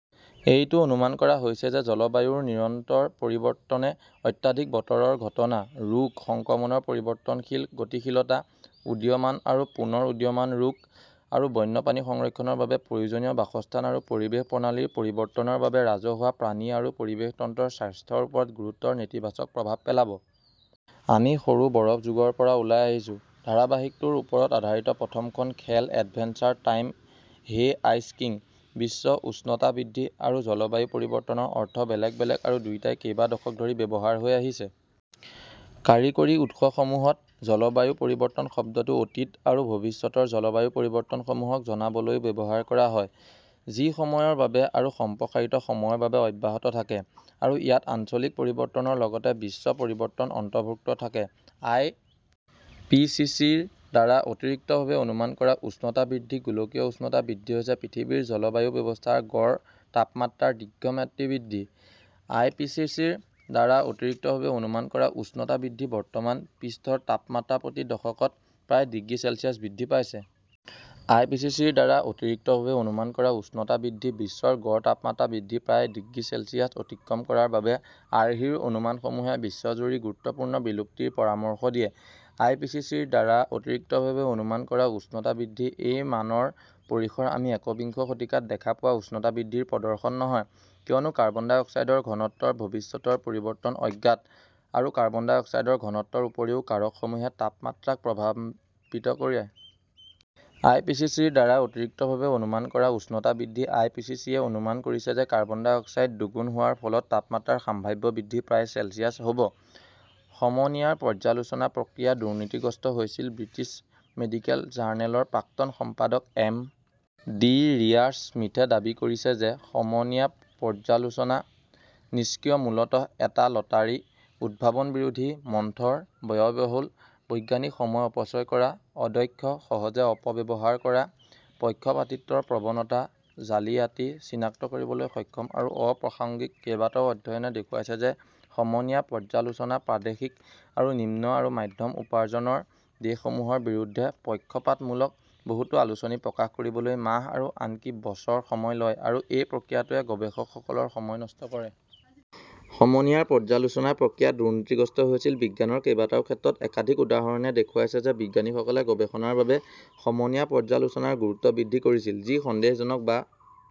এইটো অনুমান কৰা হৈছে যে জলবায়ুৰ নিৰন্তৰ পৰিৱৰ্তনে অত্যাধিক বতৰৰ ঘটনা, ৰোগ সংক্ৰমণৰ পৰিৱৰ্তনশীল গতিশীলতা, উদীয়মান আৰু পুনৰ উদীয়মান ৰোগ, আৰু বন্যপ্ৰাণী সংৰক্ষণৰ বাবে প্ৰয়োজনীয় বাসস্থান আৰু পৰিৱেশ প্ৰণালীৰ পৰিৱৰ্তনৰ বাবে ৰাজহুৱা, প্ৰাণী আৰু পৰিৱেশ তন্ত্ৰৰ স্বাস্থ্যৰ ওপৰত গুৰুতৰ নেতিবাচক প্ৰভাৱ পেলাব। আমি সৰু বৰফ যুগৰ পৰা ওলাই আহিছো। ধাৰাবাহিকটোৰ ওপৰত আধাৰিত প্ৰথমখন খেল, adventure time hey ice king! 'বিশ্ব উষ্ণতা বৃদ্ধি' আৰু 'জলবায়ু পৰিৱৰ্তন' ৰ অৰ্থ বেলেগ বেলেগ আৰু দুয়োটাই কেইবা দশক ধৰি ব্যৱহাৰ হৈ আহিছে। কাৰিকৰী উৎসসমূহত, জলবায়ু পৰিৱৰ্তন শব্দটো অতীত আৰু ভৱিষ্যতৰ জলবায়ু পৰিৱৰ্তনসমূহক জনাবলৈও ব্যৱহাৰ কৰা হয় যি সময়ৰ বাবে আৰু সম্প্ৰসাৰিত সময়ৰ বাবে অব্যাহত থাকে, আৰু ইয়াত আঞ্চলিক পৰিৱৰ্তনৰ লগতে বিশ্ব পৰিৱৰ্তন অন্তৰ্ভুক্ত থাকে। আই. পি. চি. চি. -ৰ দ্বাৰা অতিৰিক্তভাৱে অনুমান কৰা উষ্ণতা বৃদ্ধি গোলকীয় উষ্ণতা বৃদ্ধি হৈছে পৃথিৱীৰ জলবায়ু ব্যৱস্থাৰ গড় তাপমাত্ৰাৰ দীৰ্ঘম্যাদী বৃদ্ধি। আই. পি. চি. চি. -ৰ দ্বাৰা অতিৰিক্তভাৱে অনুমান কৰা উষ্ণতা বৃদ্ধি বৰ্তমান, পৃষ্ঠৰ তাপমাত্ৰা প্ৰতি দশকত প্ৰায় ডিগ্ৰী চেলছিয়াছ বৃদ্ধি পাইছে। আই. পি. চি. চি. -ৰ দ্বাৰা অতিৰিক্তভাৱে অনুমান কৰা উষ্ণতা বৃদ্ধি বিশ্বৰ গড় তাপমাত্ৰা বৃদ্ধি প্ৰায় ডিগ্ৰী চেলছিয়াছ অতিক্ৰম কৰাৰ বাবে, আৰ্হিৰ অনুমানসমূহে বিশ্বজুৰি গুৰুত্বপূৰ্ণ বিলুপ্তিৰ পৰামৰ্শ দিয়ে। আই. পি. চি. চি. -ৰ দ্বাৰা অতিৰিক্তভাৱে অনুমান কৰা উষ্ণতা বৃদ্ধি এই মানৰ পৰিসৰ আমি একবিংশ শতিকাত দেখা পোৱা উষ্ণতা বৃদ্ধিৰ প্ৰদৰ্শন নহয়, কিয়নো কাৰ্বন ডাই অক্সাইডৰ ঘনত্বৰ ভৱিষ্যতৰ পৰিৱৰ্তন অজ্ঞাত, আৰু কাৰ্বন ডাই অক্সাইডৰ ঘনত্বৰ উপৰিও কাৰকসমূহে তাপমাত্ৰাক প্ৰভাৱিত কৰে। আই. পি. চি. চি. -ৰ দ্বাৰা অতিৰিক্তভাৱে অনুমান কৰা উষ্ণতা বৃদ্ধি আই. পি. চি. চি. -য়ে অনুমান কৰিছে যে কাৰ্বন ডাই অক্সাইড দুগুণ হোৱাৰ ফলত তাপমাত্ৰাৰ সম্ভাৱ্য বৃদ্ধি প্ৰায় চেলছিয়াছ, হ 'ব। সমনীয়াৰ পৰ্যালোচনা প্ৰক্ৰিয়া দুৰ্নীতিগ্ৰস্ত হৈছিল ব্ৰিটিছ মেডিকেল জাৰ্নেলৰ প্ৰাক্তন সম্পাদক এম. ডি. ৰিচাৰ্ড স্মিথে দাবী কৰিছে যে সমনীয়া পৰ্যালোচনা "নিষ্ক্ৰিয়, মূলতঃ এটা লটাৰী, উদ্ভাৱন-বিৰোধী, মন্থৰ, ব্যয়বহুল, বৈজ্ঞানিক সময় অপচয় কৰা, অদক্ষ, সহজে অপব্যৱহাৰ কৰা, পক্ষপাতিত্বৰ প্ৰৱণতা, জালিয়াতি চিনাক্ত কৰিবলৈ অক্ষম আৰু অপ্ৰাসংগিক; কেইবাটাও অধ্যয়নে দেখুৱাইছে যে সমনীয়া পৰ্যালোচনা প্ৰাদেশিক আৰু নিম্ন আৰু মধ্যম উপাৰ্জনৰ দেশসমূহৰ বিৰুদ্ধে পক্ষপাতমূলক; বহুতো আলোচনী প্ৰকাশ কৰিবলৈ মাহ আৰু আনকি বছৰ সময় লয় আৰু এই প্ৰক্ৰিয়াটোৱে গৱেষকসকলৰ সময় নষ্ট কৰে। সমনীয়াৰ পৰ্যালোচনা প্ৰক্ৰিয়া দুৰ্নীতিগ্ৰস্ত হৈছিল বিজ্ঞানৰ কেইবাটাও ক্ষেত্ৰত একাধিক উদাহৰণে দেখুৱাইছে যে বিজ্ঞানীসকলে গৱেষণাৰ বাবে সমনীয়া পৰ্যালোচনাৰ গুৰুত্ব বৃদ্ধি কৰিছিল যি সন্দেহজনক বা